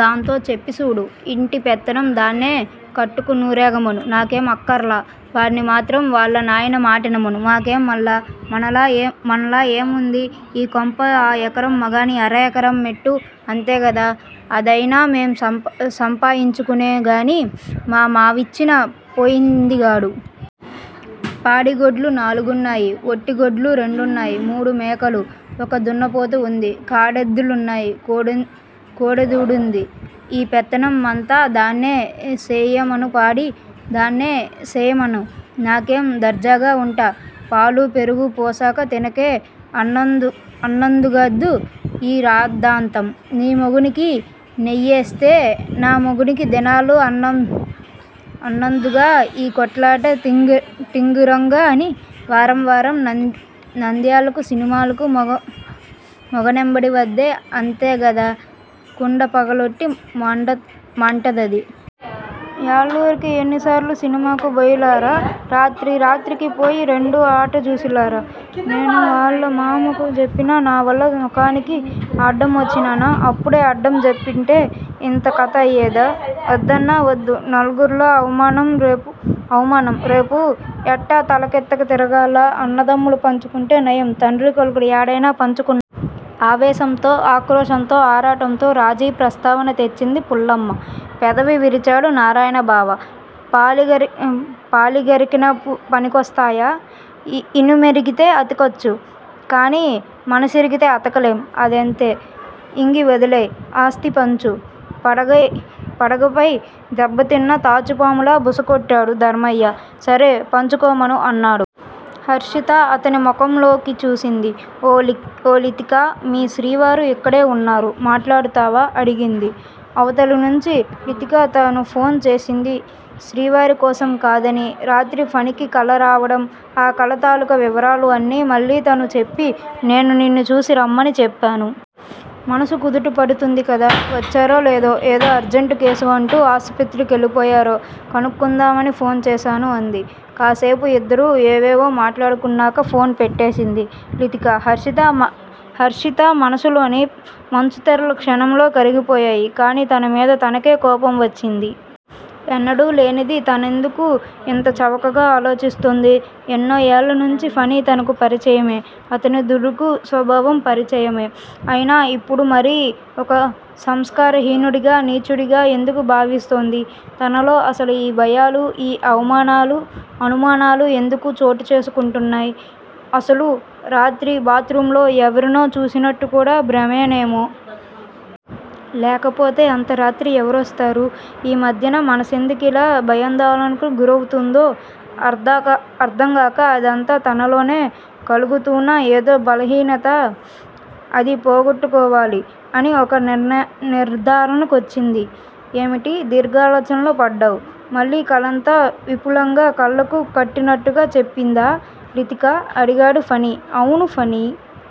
దాంతో చెప్పి సూడు. ఇంటి పెత్తనం దాన్నే కట్టుకునూరేగమను! నాకేం అక్కర్లా వాడ్ని మాత్రం వాళ్ళ నాయన మాటినమను! మాకేం మల్లా? మాన్నాలా ఏ వుంది! ఈ కొంప ఆ ఎకరం మాగాని అరెకరం మెట్ట అంతే గదా అదయినా మేం సంపాయిచ్చుకుందే గానీ మా మావిచ్చి పోయింది గాదు! పాడి గొడ్లు నాలుగున్నాయి. ఒట్టి గొడ్లు రెండున్నాయి! మూడు మేకలు. ఒక దున్నపోతు వుంది. కాడెద్దులున్నాయి కోడెదూడుంది! ఈ పెత్తనం మంతా దాన్నే సేయ్యమను పాడి దాన్నే సేయ్యమను. నాకేం దర్జాగా వుంటా. పాలు పెరుగు పోసక తినకే అన్నందుగ్గదా యీ రాద్దాంతం! నీ మొగునికి నెయ్యేస్తే నా మొగుడేం దినాల అన్నదుగ్గాదా యీ కొట్లాట టింగురంగ అని వారం వారం నంద్యాలకు సినిమాలకు మొగ నెంబడి వద్దే అంటే గదా కుండ పగలగొట్ట మంటండది! యాల్లూరికి ఎన్ని సార్లు సినిమాకు బొయ్యిరాలా రాత్రి రాత్రికి పోయి రెండో అట జూసిరాలా? నేను వాల్ల మామకు జెప్పినా నావాల్ల సుకానికి అడమోచ్చినానా? అప్పుడే అడ్డం జెప్పింటే యింత కత అయ్యేదా? వద్దన్నా వద్దు నలుగుర్లో అవమానం రేపు ఎట్టా తలెత్తక తిరగాలా అన్నదమ్ములు పంచుకుంటే నయం తండ్రి కొడుకులు యాడనైనా పంచుకున్నారా? ఆవేశంతో, ఆక్రోశంతో, ఆరాటంతో రాజీ ప్రస్తావన తెచ్చింది పుల్లమ్మ. పెదవి విరిచాడు నారాయణ 'బావా! పాలిరిగినక పనికోస్తయ్యా! ఇనుమిరిగితే అతకొచ్చు. కానీ మనసిరిగితే అతకలెం! అదంతే! యింగ వదిలేయ్! ఆస్థి పంచు. పడగపై దెబ్బ తిన్న తాచుపాములా బుస కొట్టాడు ధర్మయ్య. సరే పంచుకోమను! అన్నాడు. హర్షిత అతని మొహంలోకి చూసింది? ఓ లతికా! మీ శ్రీవారు ఇక్కడే వున్నారు. మాట్లాడతావా? అడిగింది. అవతలినుంచి లతిక తను ఫోన్ చేసింది శ్రీవారి కోసం కాదనీ, రాత్రి ఫణికి కల రావడం, ఆ కల తాలూకు వివరాలూ అన్నీ మళ్ళీ తనూ చెప్పి, నేనే నిన్ను చూసి రమ్మని చెప్పాను. మనసు కుదుట పడుతుంది కదా! వచ్చారో లేదో ఏదో అర్జంటు కేసు అంటూ ఆసుపత్రికెళ్ళిపోయారో కనుక్కుందామని ఫోన్ చేశాను అంది. కాసేపు ఇద్దరూ ఏవేవో మాట్లాడుకున్నాక ఫోన్ పెట్టేసింది లతిక. హర్షిత మనసులోని మంచుతెరలు క్షణంలో కరిగిపోయాయి. కానీ తన మీద తనకే కోపం వచ్చింది. ఎన్నడూ లేనిది తనెందుకు ఇంత చవకగా ఆలోచిస్తోంది? ఎన్నో ఏళ్ళనుంచి ఫణి తనకు పరిచయమే. అతని దుడుకు స్వభావం పరిచయమే! అయినా ఇప్పుడు మరీ ఒక సంస్కారహీనుడిగా, నీచుడిగా ఎందుకు భావిస్తోంది? తనలో అసలు ఈ భయాలూ, ఈ అనుమానాలూ ఎందుకు చోటుచేసుకుంటున్నాయ్? అసలు రాత్రి బాత్ రూంలో ఎవరినో చూసినట్టు కూడా భ్రమేనేమో? లేకపోతే అంత రాత్రి ఎవరొస్తారు? ఈ మధ్యన మనసెందుకిలా భయాందోళనలకు గురవుతూందో అర్ధంగాక అదంతా తనలోనే కలుగుతూన్న ఏదో బలహీనత, అది పోగొట్టుకోవాలి అని ఒక నిర్ధారణకొచ్చింది. ఏమిటి దీర్ఘాలోచనలో పడ్డావ్? మళ్ళీ కలంతా విపులంగా కళ్ళకు కట్టినట్టుగా చెప్పిందా లతిక? అడిగాడు ఫణి. అవును ఫణీ!